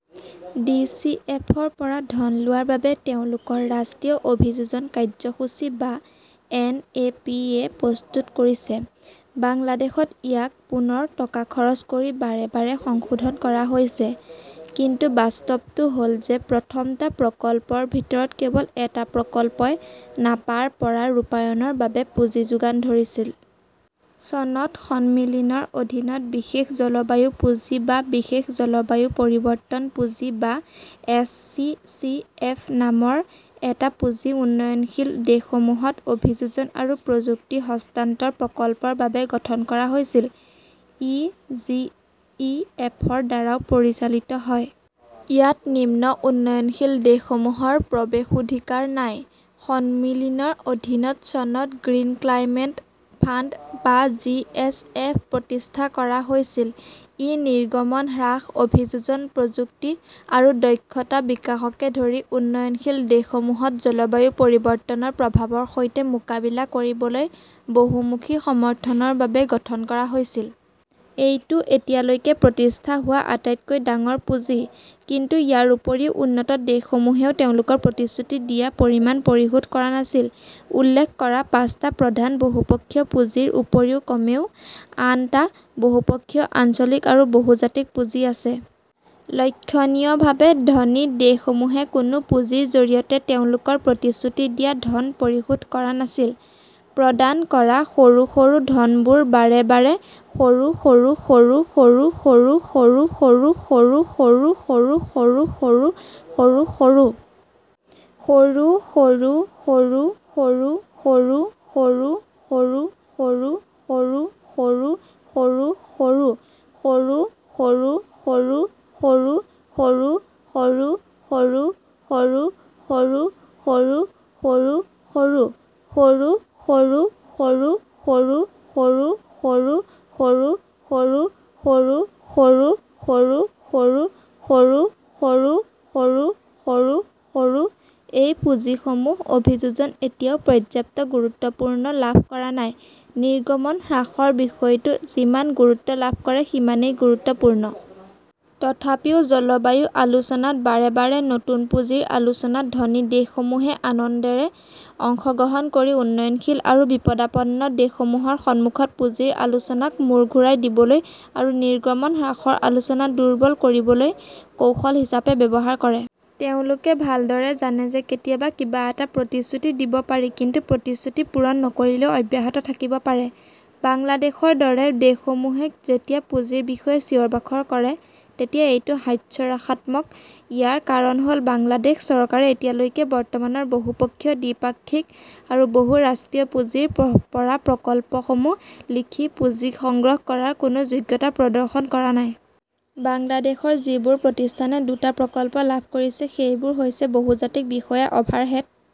D. C. F. -ৰ পৰা ধন লোৱাৰ বাবে তেওঁলোকৰ ৰাষ্ট্ৰীয় অভিযোজন কাৰ্যসূচী বা এন. এ. পি. এ. প্ৰস্তুত কৰিছে। বাংলাদেশত ইয়াক পুনৰ টকা খৰচ কৰি বাৰে বাৰে সংশোধন কৰা হৈছে। কিন্তু বাস্তৱটো হ "ল যে প্ৰথম টা প্ৰকল্পৰ ভিতৰত কেৱল এটা প্ৰকল্পই নাপাৰ পৰা ৰূপায়ণৰ বাবে পুঁজি যোগান ধৰিছিল। চনত সন্মিলনৰ অধীনত বিশেষ জলবায়ু পুঁজি বা বিশেষ জলবায়ু পৰিৱৰ্তন পুঁজি বা এছ. চি. চি. এফ. নামৰ এটা পুঁজি উন্নয়নশীল দেশসমূহত অভিযোজন আৰু প্ৰযুক্তি হস্তান্তৰ প্ৰকল্পৰ বাবে গঠন কৰা হৈছিল। ই জিইএফৰ দ্বাৰাও পৰিচালিত হয়। ইয়াত নিম্ন উন্নয়নশীল দেশসমূহৰ প্ৰৱেশাধিকাৰ নাই। সন্মিলনৰ অধীনত চনত গ্ৰীণ ক্লাইমেট ফাণ্ড বা জি. চি. এফ. প্ৰতিষ্ঠা কৰা হৈছিল। ই নিৰ্গমন হ্ৰাস, অভিযোজন, প্ৰযুক্তি আৰু দক্ষতা বিকাশকে ধৰি উন্নয়নশীল দেশসমূহত জলবায়ু পৰিৱৰ্তনৰ প্ৰভাৱৰ সৈতে মোকাবিলা কৰিবলৈ বহুমুখী সমৰ্থনৰ বাবে গঠন কৰা হৈছিল। এইটো এতিয়ালৈকে প্ৰতিষ্ঠা হোৱা আটাইতকৈ ডাঙৰ পুঁজি। কিন্তু ইয়াৰ উপৰিও উন্নত দেশসমূহেও তেওঁলোকৰ প্ৰতিশ্ৰুতি দিয়া পৰিমাণ পৰিশোধ কৰা নাছিল। উল্লেখ কৰা পাঁচটা প্ৰধান বহুপক্ষীয় পুঁজিৰ উপৰিও কমেও আন টা বহুপক্ষীয়, আঞ্চলিক আৰু বহুজাতিক পুঁজি আছে। লক্ষণীয়ভাৱে, ধনী দেশসমূহে কোনো পুঁজিৰ জৰিয়তে তেওঁলোকৰ প্ৰতিশ্ৰুতি দিয়া ধন পৰিশোধ কৰা নাছিল। প্ৰদান কৰা সৰু সৰু ধনবোৰ বাৰে বাৰে সৰু সৰু সৰু সৰু সৰু সৰু সৰু সৰু সৰু সৰু সৰু সৰু সৰু সৰু সৰু সৰু সৰু সৰু সৰু সৰু সৰু সৰু সৰু সৰু সৰু সৰু সৰু সৰু সৰু সৰু সৰু সৰু সৰু সৰু সৰু সৰু সৰু সৰু সৰু সৰু সৰু সৰু সৰু সৰু সৰু সৰু সৰু সৰু সৰু সৰু সৰু সৰু সৰু সৰু এই পুঁজিসমূহত অভিযোজন এতিয়াও পৰ্যাপ্ত গুৰুত্ব লাভ কৰা নাই, নিৰ্গমন হ্ৰাসৰ বিষয়টো যিমান গুৰুত্ব লাভ কৰে সিমানেই গুৰুত্বপূৰ্ণ। তথাপিও জলবায়ু আলোচনাত বাৰে বাৰে নতুন পুঁজিৰ আলোচনাত ধনী দেশসমূহে আনন্দৰে অংশগ্ৰহণ কৰি উন্নয়নশীল আৰু বিপদাপন্ন দেশসমূহৰ সন্মুখত পুঁজিৰ আলোচনাক মূৰ ঘূৰাই দিবলৈ আৰু নিৰ্গমন হ্ৰাসৰ আলোচনা দুৰ্বল কৰিবলৈ কৌশল হিচাপে ব্যৱহাৰ কৰে। তেওঁলোকে ভালদৰে জানে যে কেতিয়াবা কিবা এটা প্ৰতিশ্ৰুতি দিব পাৰি, কিন্তু প্ৰতিশ্ৰুতি পূৰণ নকৰিলেও অব্যাহত থাকিব পাৰে। বাংলাদেশৰ দৰে দেশসমূহে যেতিয়া পুঁজিৰ বিষয়ে চিঞৰ-বাখৰ কৰে তেতিয়া এইটো হাস্যৰসাত্মক। ইয়াৰ কাৰণ হ "ল বাংলাদেশ চৰকাৰে এতিয়ালৈকে বৰ্তমানৰ বহু-পক্ষীয়, দ্বিপাক্ষিক আৰু বহু-ৰাষ্ট্ৰীয় পুঁজিৰ পৰা প্ৰকল্পসমূহ লিখি পুঁজি সংগ্ৰহ কৰাৰ কোনো যোগ্যতা প্ৰদৰ্শন কৰা নাই। বাংলাদেশৰ যিবোৰ প্ৰতিষ্ঠানে দুটা প্ৰকল্প লাভ কৰিছে সেইবোৰ হৈছে বহুজাতিক বিষয়া, অভাৰহেড,